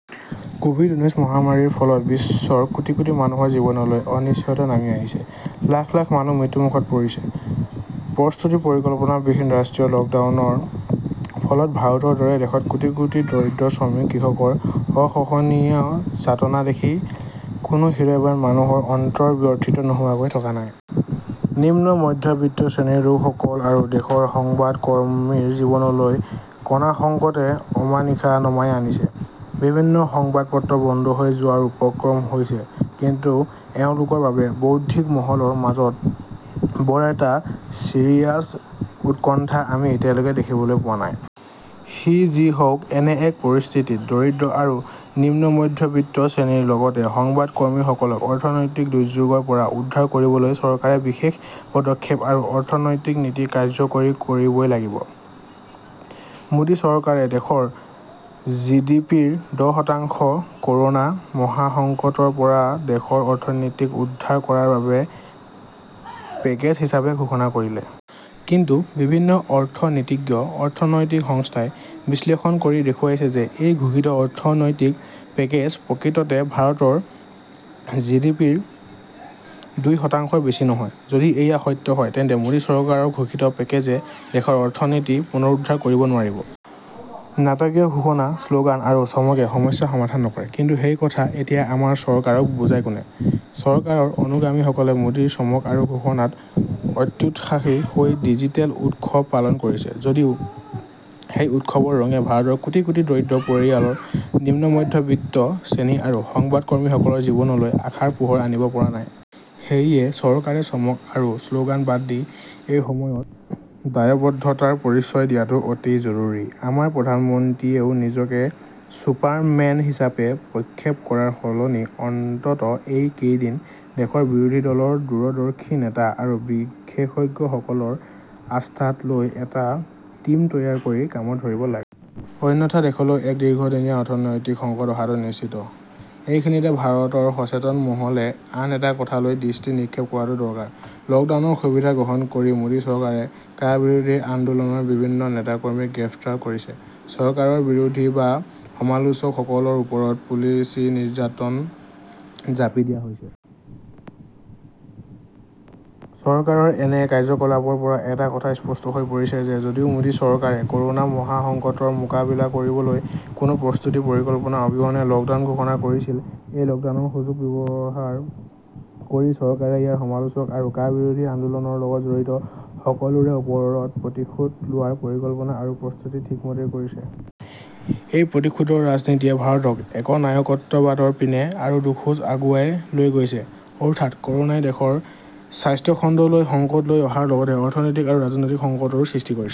Covid ঊনৈশ মহামাৰীৰ ফলত বিশ্বৰ কোটি কোটি মানুহৰ জীৱনলৈ অনিশ্চয়তা নামি আহিছে। লাখ লাখ মানুহ মৃত্যু মুখত পৰিছে। প্ৰস্তুতি পৰিকল্পনা বিহীন ৰাষ্ট্ৰীয় লকডাউনৰ ফলত ভাৰতৰ দৰে দেশত কোটি কোটি দৰিদ্ৰ শ্ৰমিক কৃষকৰ অসহনীয় যাতনা দেখি কোনো হৃদয়ৱান মানুহৰ অন্তৰ ব্যথিত নোহোৱাকৈ থকা নাই। নিম্ন মধ্যবিত্ত শ্ৰেণীৰ লোকসকল আৰু দেশৰ সংবাদ কৰ্মীৰ জীৱনলৈ কনাসংকটে অমানিশা নমাই আনিছে। বিভিন্ন সংবাদপত্ৰ বন্ধ হৈ যোৱাৰ উপক্ৰম হৈছে।‌কিন্তু এওঁলোকৰ বাবে বৌদ্ধিক মহলৰ মাজত বৰ এটা চিৰিয়াছ উৎকণ্ঠা আমি এতিয়ালৈকে দেখিবলৈ পোৱা নাই। সি যি হওক এনে এক পৰিস্থিতিত দৰিদ্ৰ আৰু নিম্নমধ্যবিত্ত শ্ৰেণীৰ লগতে সংবাদকৰ্মী সকলক অৰ্থনৈতিক দুৰ্যোগৰ পৰা উদ্ধাৰ কৰিবলৈ চৰকাৰে বিশেষ পদক্ষেপ আৰু অৰ্থনৈতিক নীতি কাৰ্যকৰী কৰিবই লাগিব। মোদী চৰকাৰে দেশৰ জিডিপিৰ দহ‌ শতাংশ ক'ৰ'না মহাসংকটৰ পৰা দেশৰ অৰ্থনীতিক উদ্ধাৰ কৰাৰ বাবে পেকেজ হিচাপে ঘোষণা কৰিলে। কিন্তু বিভিন্ন অৰ্থনীতিজ্ঞ, অৰ্থনৈতিক সংস্থাই বিশ্লেষণ কৰি দেখুৱাইছে যে এই ঘোষিত অৰ্থনৈতিক পেকেজ প্ৰকৃততে ভাৰতৰ জিডিপিৰ দুই শতাংশৰ বেছি নহয়। যদি এয়া সত্য হয় তেন্তে মোদী চৰকাৰৰ ঘোষিত পেকেজে দেশৰ অৰ্থনীতি পুনৰুদ্ধাৰ কৰিব নোৱাৰিব। নাটকীয় ঘোষণা শ্লোগান আৰু চমকে সমস্যা সমাধান নকৰে। কিন্তু সেই কথা এতিয়া আমাৰ চৰকাৰক বুজায় কোনে। চৰকাৰৰ অনুগামীসকলে মোদীৰ চমক আৰু ঘোষণাত অত্যুৎসাহী হৈ ডিজিটেল উৎসৱ পালন কৰিছে যদিও সেই উৎসৱৰ ৰঙে ভাৰতৰ কোটি কোটি দৰিদ্ৰ পৰিয়াল নিম্নমধ্যবিত্ত শ্ৰেণী আৰু সংবাদকৰ্মীসকলৰ জীৱনলৈ আশাৰ পোহৰ আনিব পৰা নাই। সেয়ে চৰকাৰে চমক আৰু শ্লোগান বাদ দি এইসময়ত দায়ৱদ্ধতাৰ পৰিচয় দিয়াটো অতি জৰুৰী।‌ আমাৰ প্ৰধানমন্ত্ৰীয়েও নিজকে চুপাৰ মেন হিচাপে প্ৰক্ষেপ কৰাৰ সলনি অন্ততঃ এই কেইদিন দেশৰ বিৰোধী দলৰ দূৰদৰ্শী নেতা আৰু বিশেষজ্ঞসকলক আস্থাত লৈ এটা টীম তৈয়াৰ কৰি কামত ধৰিব লাগে। অন্যথা দেশলৈ এক দীৰ্ঘদিনীয়া অৰ্থনৈতিক সংকট অহাটো নিশ্চিত।‌‌ এইখিনিতে ভাৰতৰ সচেতন মহলে আন এটা কথালৈ দৃষ্টি নিক্ষেপ কৰাটো দৰকাৰ। লকডাউনৰ সুবিধা গ্ৰহণ কৰি মোদী চৰকাৰে কা বিৰোধী আন্দোলনৰ বিভিন্ন নেতাকৰ্মীক গ্ৰেপ্তাৰ কৰিছে, চৰকাৰৰ বিৰোধী বা সমালোচকসকলৰ ওপৰত পুলিচী নিৰ্যাতন জাপি দিয়া হৈছে। চৰকাৰৰ এনে কাৰ্যকলাপৰ পৰা এটা কথা স্পষ্ট হৈ পৰিছে যে যদিও মোদী চৰকাৰে ক'ৰ'না মহাসংকটৰ মোকাবিলা কৰিবলৈ কোনো প্ৰস্তুতি পৰিকল্পনা অবিহনে লকডাউন ঘোষণা কৰিছিল এই লকডাউনৰ সুযোগ ব্যৱহাৰ কৰি চৰকাৰে ইয়াৰ সমালোচক আৰু কা বিৰোধী আন্দোলনৰ লগত জড়িত সকলোৰে ওপৰত প্ৰতিশোধ লোৱাৰ পৰিকল্পনা আৰু প্ৰস্তুতি ঠিকমতেই কৰিছে। এই প্ৰতিশোধৰ ৰাজনীতিয়ে ভাৰতক একনায়কত্ববাদৰ পিনে আৰু দুখোজ আগুৱাই লৈ গৈছে। অৰ্থাৎ ক'ৰ'নাই দেশৰ স্বাস্থ্যখণ্ডলৈ সংকট লৈ অহাৰ লগতে অৰ্থনৈতিক আৰু ৰাজনৈতিক সংকটৰো সৃষ্টি কৰিছে।